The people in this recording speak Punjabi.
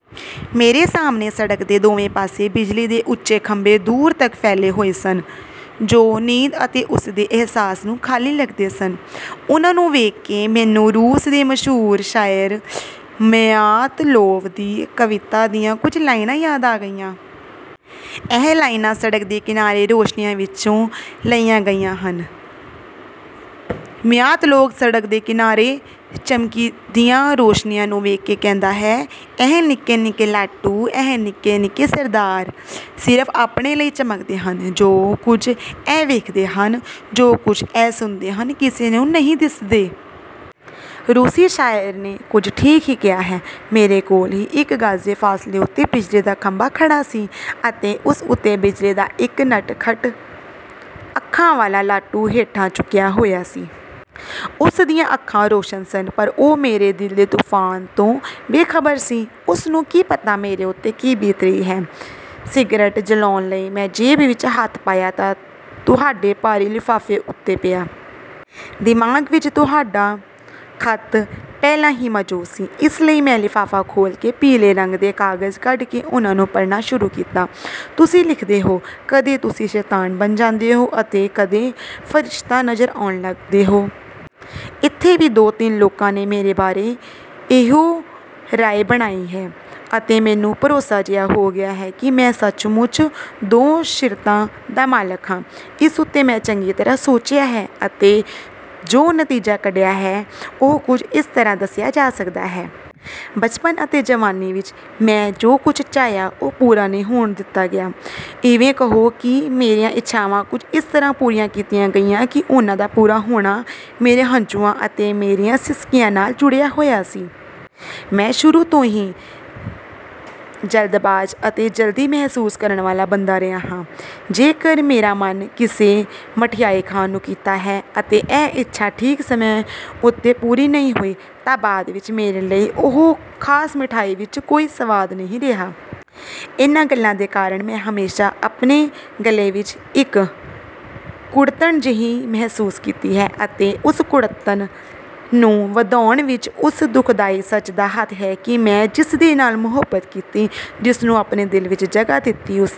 ਮੇਰੇ ਸਾਹਮਣੇ ਸੜਕ ਦੇ ਦੋਵੇਂ ਪਾਸੇ ਬਿਜਲੀ ਦੇ ਉੱਚੇ ਖੰਭੇ ਦੂਰ ਤੱਕ ਫੈਲੇ ਹੋਏ ਸਨ ਜੋ ਨੀਂਦ ਅਤੇ ਉਸਦੇ ਅਹਿਸਾਸ ਨੂਂ ਖਾਲੀ ਲੱਗਦੇ ਸਨ। ਉਨ੍ਹਾਂ ਨੂੰ ਵੇਖ ਕੇ ਮੈਨੂੰ ਰੂਸ ਦੇ ਮਸ਼ਹੂਰ ਸ਼ਾਇਰ ਮਯਾਤਲੋਵ ਦੀ ਕਵਿਤਾ ਦੀਆਂ ਕੁਝ ਲਾਈਨਾਂ ਯਾਦ ਆ ਗਈਆਂ। ਇਹ ਲਾਈਨਾਂ 'ਸੜਕ ਦੇ ਕਿਨਾਰੇ ਰੋਸ਼ਨੀਆਂ' ਵਿੱਚੋਂ ਲਈਆਂ ਗਈਆਂ ਹਨ। ਮਯਾਤਲੋਵ ਸੜਕ ਦੇ ਕਿਨਾਰੇ ਚਮਕਦੀਆਂ ਰੋਸ਼ਨੀਆਂ ਨੂੰ ਵੇਖ ਕੇ ਕਹਿੰਦਾ ਹੈ, ਇਹ ਨਿੱਕੇ-ਨਿੱਕੇ ਲਾਟੂ, ਇਹ ਨਿੱਕੇ-ਨਿੱਕੇ ਸਰਦਾਰ ਸਿਰਫ਼ ਆਪਣੇ ਲਈ ਚਮਕਦੇ ਹਨ। ਜੋ ਕੁਝ ਇਹ ਵੇਖਦੇ ਹਨ, ਜੋ ਕੁਝ ਇਹ ਸੁਣਦੇ ਹਨ ਕਿਸੇ ਨੂੰ ਨਹੀਂ ਦਿਸਦੇ। ਰੂਸੀ ਸ਼ਾਇਰ ਨੇ ਕੁਝ ਠੀਕ ਹੀ ਕਿਹਾ ਹੈ। ਮੇਰੇ ਕੋਲ ਹੀ ਇੱਕ ਗਜ਼ ਦੇ ਫਾਸਲੇ ਉੱਤੇ ਬਿਜਲੀ ਦਾ ਖੰਭਾ ਖੜ੍ਹਾ ਸੀ ਅਤੇ ਉਸ ਉੱਤੇ ਬਿਜਲੀ ਦਾ ਇੱਕ ਨਟਖਟ ਅੱਖਾਂ ਵਾਲਾ ਲਾਟੂ ਹੇਠਾਂ ਝੁਕਿਆ ਹੋਇਆ ਸੀ। ਉਸ ਦੀਆਂ ਅੱਖਾਂ ਰੌਸ਼ਨ ਸਨ ਪਰ ਉਹ ਮੇਰੇ ਦਿਲ ਦੇ ਤੂਫਾਨ ਤੋਂ ਬੇਖਬਰ ਸੀ। ਉਸਨੂੰ ਕੀ ਪਤਾ ਮੇਰੇ ਉੱਤੇ ਕੀ ਬੀਤ ਰਹੀ ਹੈ। ਸਿਗਰਟ ਜਲਾਉਣ ਲਈ ਮੈਂ ਜੇਬ ਵਿੱਚ ਹੱਥ ਪਾਇਆ ਤਾਂ ਤੁਹਾਡੇ ਭਾਰੀ ਲਿਫ਼ਾਫ਼ੇ ਉੱਤੇ ਪਿਆ। ਦਿਮਾਗ਼ ਵਿੱਚ ਤੁਹਾਡਾ ਖੱਤ ਪਹਿਲਾਂ ਹੀ ਮੌਜੂਦ ਸੀ। ਇਸ ਲਈ ਮੈਂ ਲਿਫ਼ਾਫ਼ਾ ਖੋਲ੍ਹ ਕੇ ਪੀਲੇ ਰੰਗ ਦੇ ਕਾਗ਼ਜ਼ ਕੱਢ ਕੇ ਉਨ੍ਹਾਂ ਨੂੰ ਪੜ੍ਹਨਾ ਸ਼ੁਰੂ ਕੀਤਾ। ਤੁਸੀਂ ਲਿਖਦੇ ਹੋ, "ਕਦੇ ਤੁਸੀਂ ਸ਼ੈਤਾਨ ਬਣ ਜਾਂਦੇ ਹੋ ਅਤੇ ਕਦੇ ਫਰਿਸ਼ਤਾ ਨਜ਼ਰ ਆਉਣ ਲੱਗਦੇ ਹੋ।" ਇੱਥੇ ਵੀ ਦੋ-ਤਿੰਨ ਲੋਕਾਂ ਨੇ ਮੇਰੇ ਬਾਰੇ ਇਹੀ ਰਾਏ ਬਣਾਈ ਹੈ ਅਤੇ ਮੈਨੂੰ ਭਰੋਸਾ ਜਿਹਾ ਹੋ ਗਿਆ ਹੈ ਕਿ ਮੈਂ ਸੱਚਮੁੱਚ ਦੋ ਸੀਰਤਾਂ ਦਾ ਮਾਲਿਕ ਹਾਂ। ਇਸ ਉੱਤੇ ਮੈਂ ਚੰਗੀ ਤਰ੍ਹਾਂ ਸੋਚਿਆ ਹੈ ਅਤੇ ਜੋ ਨਤੀਜਾ ਕੱਢਿਆ ਹੈ, ਉਹ ਕੁਝ ਇਸ ਤਰ੍ਹਾਂ ਦੱਸਿਆ ਜਾ ਸਕਦਾ ਹੈ। ਬਚਪਨ ਅਤੇ ਜਵਾਨੀ ਵਿੱਚ ਮੈਂ ਜੋ ਕੁਝ ਚਾਹਿਆ, ਉਹ ਪੂਰਾ ਨਹੀਂ ਹੋਣ ਦਿੱਤਾ ਗਿਆ। ਇਵੇਂ ਕਹੋ ਕਿ ਮੇਰੀਆਂ ਇੱਛਾਵਾਂ ਕੁਝ ਇਸ ਤਰ੍ਹਾਂ ਪੂਰੀਆਂ ਕੀਤੀਆਂ ਗਈਆਂ ਕਿ ਉਹਨਾਂ ਦਾ ਪੂਰਾ ਹੋਣਾ ਮੇਰੇ ਹੰਝੂਆਂ ਅਤੇ ਮੇਰੀਆਂ ਸਿਸਕੀਆਂ ਨਾਲ਼ ਜੁੜਿਆ ਹੋਇਆ ਸੀ। ਮੈਂ ਸ਼ੁਰੂ ਤੋਂ ਹੀ ਜਲਦਬਾਜ਼ ਅਤੇ ਜਲਦੀ ਮਹਿਸੂਸ ਕਰਨ ਵਾਲਾ ਬੰਦਾ ਰਿਹਾ ਹਾਂ। ਜੇਕਰ ਮੇਰਾ ਮਨ ਕਿਸੇ ਮਠਿਆਈ ਖਾਣ ਨੂੰ ਕੀਤਾ ਹੈ ਅਤੇ ਇਹ ਇੱਛਾ ਠੀਕ ਸਮੇਂ ਉੱਤੇ ਪੂਰੀ ਨਹੀਂ ਹੋਈ ਤਾਂ ਬਾਅਦ ਵਿੱਚ ਮੇਰੇ ਲਈ ਉਸ ਖ਼ਾਸ ਮਠਿਆਈ ਵਿੱਚ ਕੋਈ ਸਵਾਦ ਨਹੀਂ ਰਿਹਾ। ਇਨ੍ਹਾਂ ਗੱਲਾਂ ਦੇ ਕਾਰਨ ਮੈਂ ਹਮੇਸ਼ਾ ਆਪਣੇ ਗਲੇ ਵਿੱਚ ਇੱਕ ਕੁੜੱਤਣ ਜਿਹੀ ਮਹਿਸੂਸ ਕੀਤੀ ਹੈ ਅਤੇ ਉਸ ਕੁੜੱਤਣ ਨੂੰ ਵਧਾਉਣ ਵਿੱਚ ਉਸ ਦੁਖਦਾਈ ਸੱਚ ਦਾ ਹੱਥ ਹੈ ਕਿ ਮੈਂ ਜਿਸਦੇ ਨਾਲ਼ ਮੁਹੱਬਤ ਕੀਤੀ, ਜਿਸਨੂੰ ਆਪਣੇ ਦਿਲ ਵਿੱਚ ਜਗ੍ਹਾ ਦਿੱਤੀ, ਉਸਨੇ